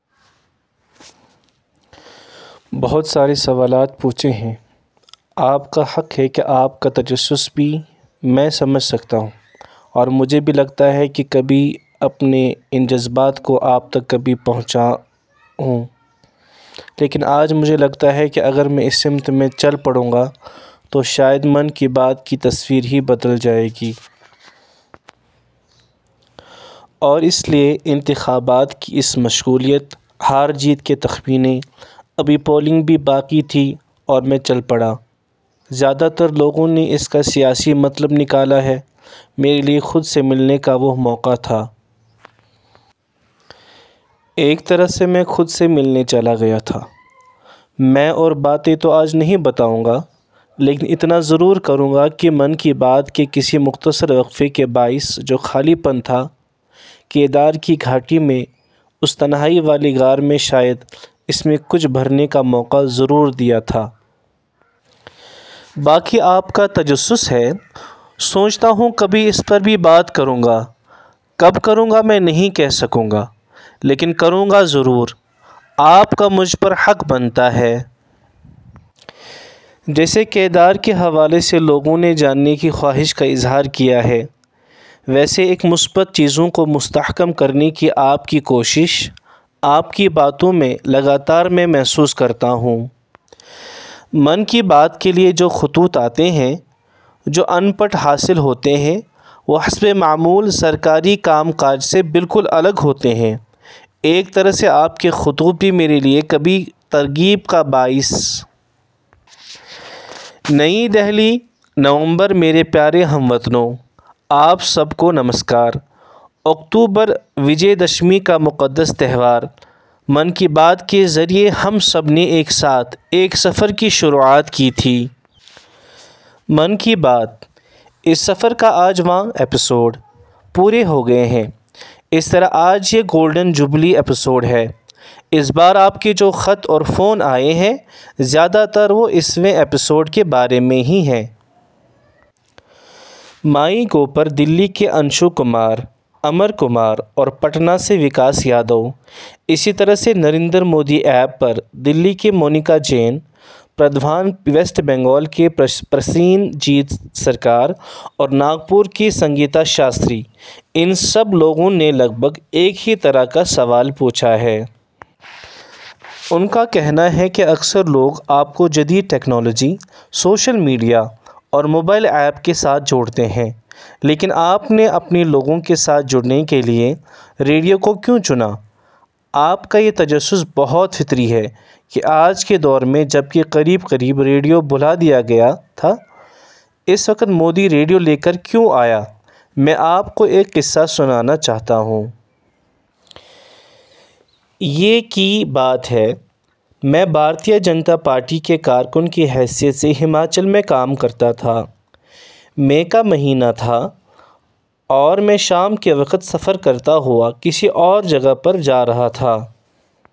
بہت سارے سوالات پوچھے ہیں۔ آپ کا حق ہے، آپ کا تجسس بھی، میں سمجھ سکتا ہوں اور مجھے بھی لگتا ہے کہ کبھی اپنے ان جذبات کو آپ تک کبھی پہنچا ہوں، لیکن آج مجھے لگتا ہے کہ اگر میں اس سمت میں چل پڑوں گا تو شاید 'من کی بات' کی تصویر ہی بدل جائے گی۔ اور اس لیے انتخابات کی اس مشغولیت، ہار جیت کے تخمینے، ابھی پولنگ بھی باقی تھی اور میں چل پڑا۔ زیادہ تر لوگوں نے اس کا سیاسی مطلب نکالا ہے۔ میرے لیے خود سے ملنے کا وہ موقع تھا۔ ایک طرح سے میں خود سے ملنے چلا گیا تھا۔ میں اور باتیں تو آج نہیں بتاؤں گا لیکن اتنا ضرور کروں گا کہ 'من کی بات' کے کس مختصر وقفے کے باعث جو خالی پن تھا کیدار کی گھاٹی میں اُس تنہائی والے غار میں شاید اس میں کچھ بھرنے کا موقع ضرور دیا تھا۔ باقی آپ کا تجسس ہے۔ سوچتا ہوں کبھی اس پر بھی بات کروں گا۔ کب کروں گا میں نہیں کہ سکوں گا، لیکن کروں گا ضرور، آپ کا مجھ پر حق بنتا ہے۔ جیسے کیدار کے حوالے سے لوگوں نے جاننے کی خواہش کا اظہار کیا ہے، ویسے ایک مثبت چیزوں کو مستحکم کرنے کی آپ کی کوشش، آپ کی باتوں میں لگاتار میں محسوس کرتا ہوں۔ 'من کی بات' کے لیے جو خطوط آتے ہیں، جو ان پٹ حاصل ہوتے ہیں وہ حسب معمول سرکاری کام کاج سے بالکل الگ ہوتے ہیں۔ ایک طرح سے آپ کے خطوط بھی میرے لیے کبھی ترغیب کا باعث. نئی دہلی، / نومبر میرے پیارے ہم وطنوں، آپ سب کو نمسکار! اکتوبر وجے دشمی کا مقدس تہوار۔ 'من کی بات' کے ذریعے ہم سب نے ایک ساتھ، ایک سفر کی شروعات کی تھی۔ 'من کی بات'، اس سفر کا آج واں ایپیسوڈ پورے ہوگئے ہیں۔ اس طرح آج یہ گولڈن جوبلی ایپیسوڈ ہے۔ اس بار آپ کے جو خط اور فون آئے ہیں، زیادہ تر وہ اس ویں ایپیسوڈ کے بارے میں ہی ہے۔ مائی گوو پر دلّی کے انشو کمار، امر کمار اور پٹنہ سے وکاس یادو، اسی طرح سے نریندر مودی ایپ پر دلّی کی مونیکا جین، بردوان، ویسٹ بنگال کے پرسین جیت سرکار اور ناگپور کی سنگیتا شاستری ان سب لوگوں نے لگ بھگ ایک ہی طرح کا سوال پوچھا ہے۔ ان کا کہنا ہے کہ اکثر لوگ آپ کو جدید ٹیکنالوجی، سوشل میڈیا اور موبائل ایپ کے ساتھ جوڑتے ہیں، لیکن آپ نے اپنے لوگوں کے ساتھ جڑنے کے لیے ریڈیو کو کیوں چنا؟ آپ کا یہ تجسس بہت فطری ہے کہ آج کے دور میں، جب کہ قریب قریب ریڈیو بھلا دیا گیا تھا اس وقت مودی ریڈیو لے کر کے کیوں آیا؟ میں آپ کو ایک قصہ سنانا چاہتا ہوں۔ یہ کی بات ہے، میں بھارتیہ جنتا پارٹی کے کارکن کی حیثیت سے ہماچل میں کام کرتا تھا۔ مئی کا مہینہ تھا اور میں شام کے وقت سفر کرتا ہوا کسی اور جگہ پر جا رہا تھا۔